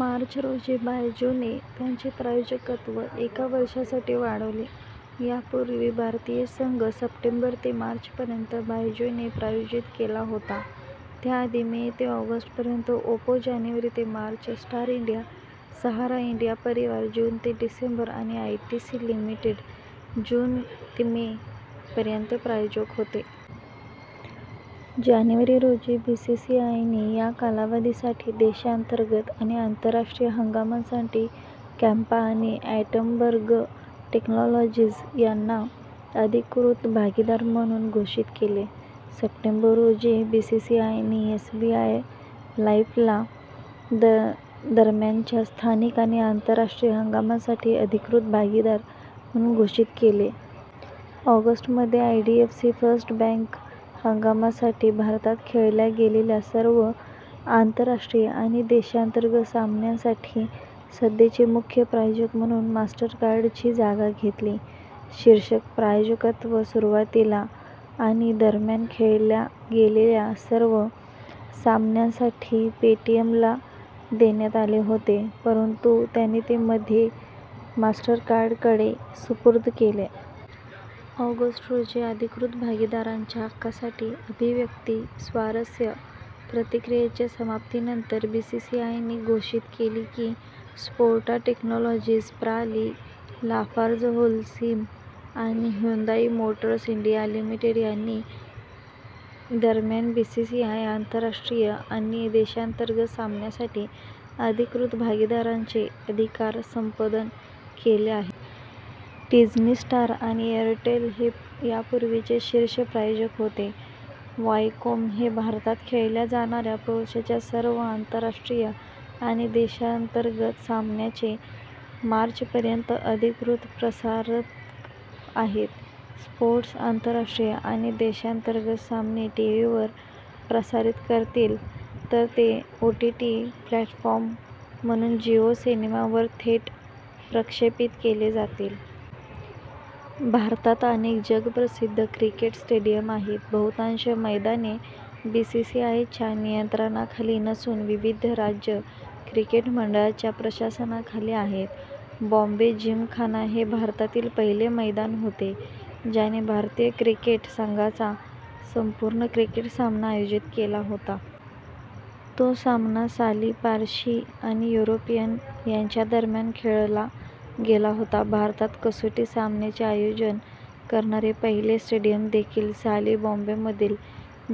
मार्च रोजी, बायजूने त्याचे प्रायोजकत्व एका वर्षासाठी वाढवले. यापूर्वी, भारतीय संघ सप्टेंबर ते मार्च पर्यंत बायजूने प्रायोजित केला होता, त्याआधी मे ते ऑगस्ट पर्यंत ओप्पो, जानेवारी ते मार्च पर्यंत Star India, Sahara India Pariwar जून ते डिसेंबर आणि आयटीसी लिमिटेड जून ते मे पर्यंत प्रायोजक होते. जानेवारी रोजी, बीसीसीआयने - या कालावधीसाठी देशांतर्गत आणि आंतरराष्ट्रीय हंगामासाठी कॅम्पा आणि ॲटमबर्ग टेक्नॉलॉजीज यांना अधिकृत भागीदार म्हणून घोषित केले. सप्टेंबर रोजी, बीसीसीआयने एसबीआय लाईफ ला - दरम्यानच्या स्थानिक आणि आंतरराष्ट्रीय हंगामासाठी अधिकृत भागीदार म्हणून घोषित केले. ऑगस्ट मध्ये, आयडीएफसी फर्स्ट बँके ने - हंगामासाठी भारतात खेळल्या गेलेल्या सर्व आंतरराष्ट्रीय आणि देशांतर्गत सामन्यांसाठी सध्याचे मुख्य प्रायोजक म्हणून मास्टरकार्डची जागा घेतली.। शीर्षक प्रायोजकत्व सुरुवातीला आणि दरम्यान खेळल्या गेलेल्या सर्व सामन्यांसाठी पेटीएम ला देण्यात आले होते परंतु त्यांनी ते मध्ये मास्टरकार्डकडे सुपूर्द केले. ऑगस्ट रोजी, अधिकृत भागीदारांच्या हक्कांसाठी अभिव्यक्ती स्वारस्य प्रक्रियेच्या समाप्तीनंतर, बीसीसीआयने घोषणा केली की स्पोर्टा टेक्नॉलॉजीस प्रा. लि., लाफार्जहोल्सीम आणि ह्युंदाई मोटर्स इंडिया लिमिटेड यांनी दरम्यान बीसीसीआय आंतरराष्ट्रीय आणि देशांतर्गत सामन्यांसाठी अधिकृत भागीदारांचे अधिकार संपादन केले आहेत. डिझ्नी स्टार आणि एअरटेल हे यापूर्वीचे शीर्ष प्रायोजक होते. व्हायकॉम हे भारतात खेळल्या जाणाऱ्या पुरुषांच्या सर्व आंतरराष्ट्रीय आणि देशांतर्गत सामन्यांचे मार्च पर्यंत अधिकृत प्रसारक आहेत. स्पोर्ट्स आंतरराष्ट्रीय आणि देशांतर्गत सामने टीव्हीवर प्रसारित करतील, तर ते ओटीटी प्लॅटफॉर्म म्हणून जिओ सिनेमा वर थेट प्रक्षेपित केले जातील. भारतात अनेक जगप्रसिद्ध क्रिकेट स्टेडियम आहेत. बहुतांश मैदाने बीसीसीआयच्या नियंत्रणाखाली नसून विविध राज्य क्रिकेट मंडळांच्या प्रशासनाखाली आहेत. बॉम्बे जिमखाना हे भारतातील पहिले मैदान होते ज्याने भारतीय क्रिकेट संघाचा संपूर्ण क्रिकेट सामना आयोजित केला होता. तो सामना साली पारशी आणि युरोपियन यांच्यादरम्यान खेळवला गेला होता. भारतात कसोटी सामन्याचे आयोजन करणारे पहिले स्टेडियम देखील साली बॉम्बेमधील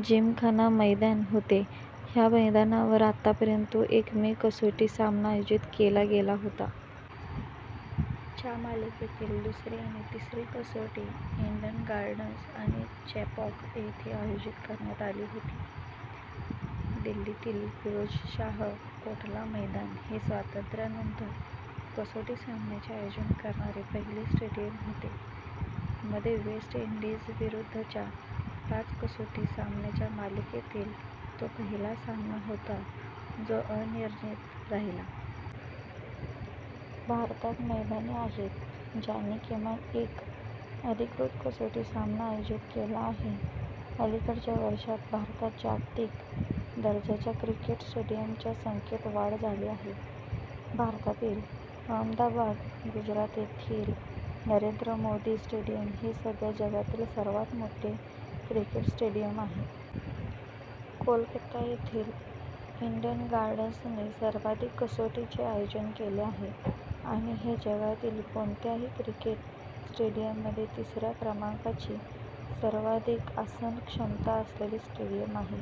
जिमखाना मैदान होते. ह्या मैदानावर आतापर्यंत तो एकमेव कसोटी सामना आयोजित केला गेला होता. च्या मालिकेतील दुसरी आणि तिसरी कसोटी ईडन गार्डन्स आणि चेपॉक येथे आयोजित करण्यात आली होती. दिल्लीतील फिरोजशाह कोटला मैदान हे स्वातंत्र्यानंतर कसोटी सामन्याचे आयोजन करणारे पहिले स्टेडियम होते. मध्ये वेस्ट इंडीजविरुद्धच्या पाच कसोटी सामन्यांच्या मालिकेतील तो पहिला सामना होता जो अनिर्णित राहिला. भारतात मैदाने आहेत ज्यांनी किमान एक अधिकृत कसोटी सामना आयोजित केला आहे. अलिकडच्या वर्षांत, भारतात जागतिक दर्जाच्या क्रिकेट स्टेडियमच्या संख्येत वाढ झाली आहे. भारतातील अहमदाबाद, गुजरात येथील नरेंद्र मोदी स्टेडियम हे सध्या जगातील सर्वात मोठे क्रिकेट स्टेडियम आहे. कोलकाता येथील ईडन गार्डन्सने सर्वाधिक कसोटींचे आयोजन केले आहे आणि हे जगातील कोणत्याही क्रिकेट स्टेडियममध्ये तिसऱ्या क्रमांकाची सर्वाधिक आसनक्षमता असलेले स्टेडियम आहे.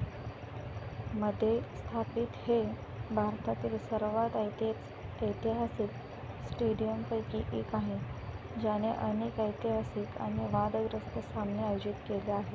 मध्ये स्थापित, हे भारतातील सर्वात ऐतिहासिक स्टेडियमपैकी एक आहे, ज्याने अनेक ऐतिहासिक आणि वादग्रस्त सामने आयोजित केले आहेत.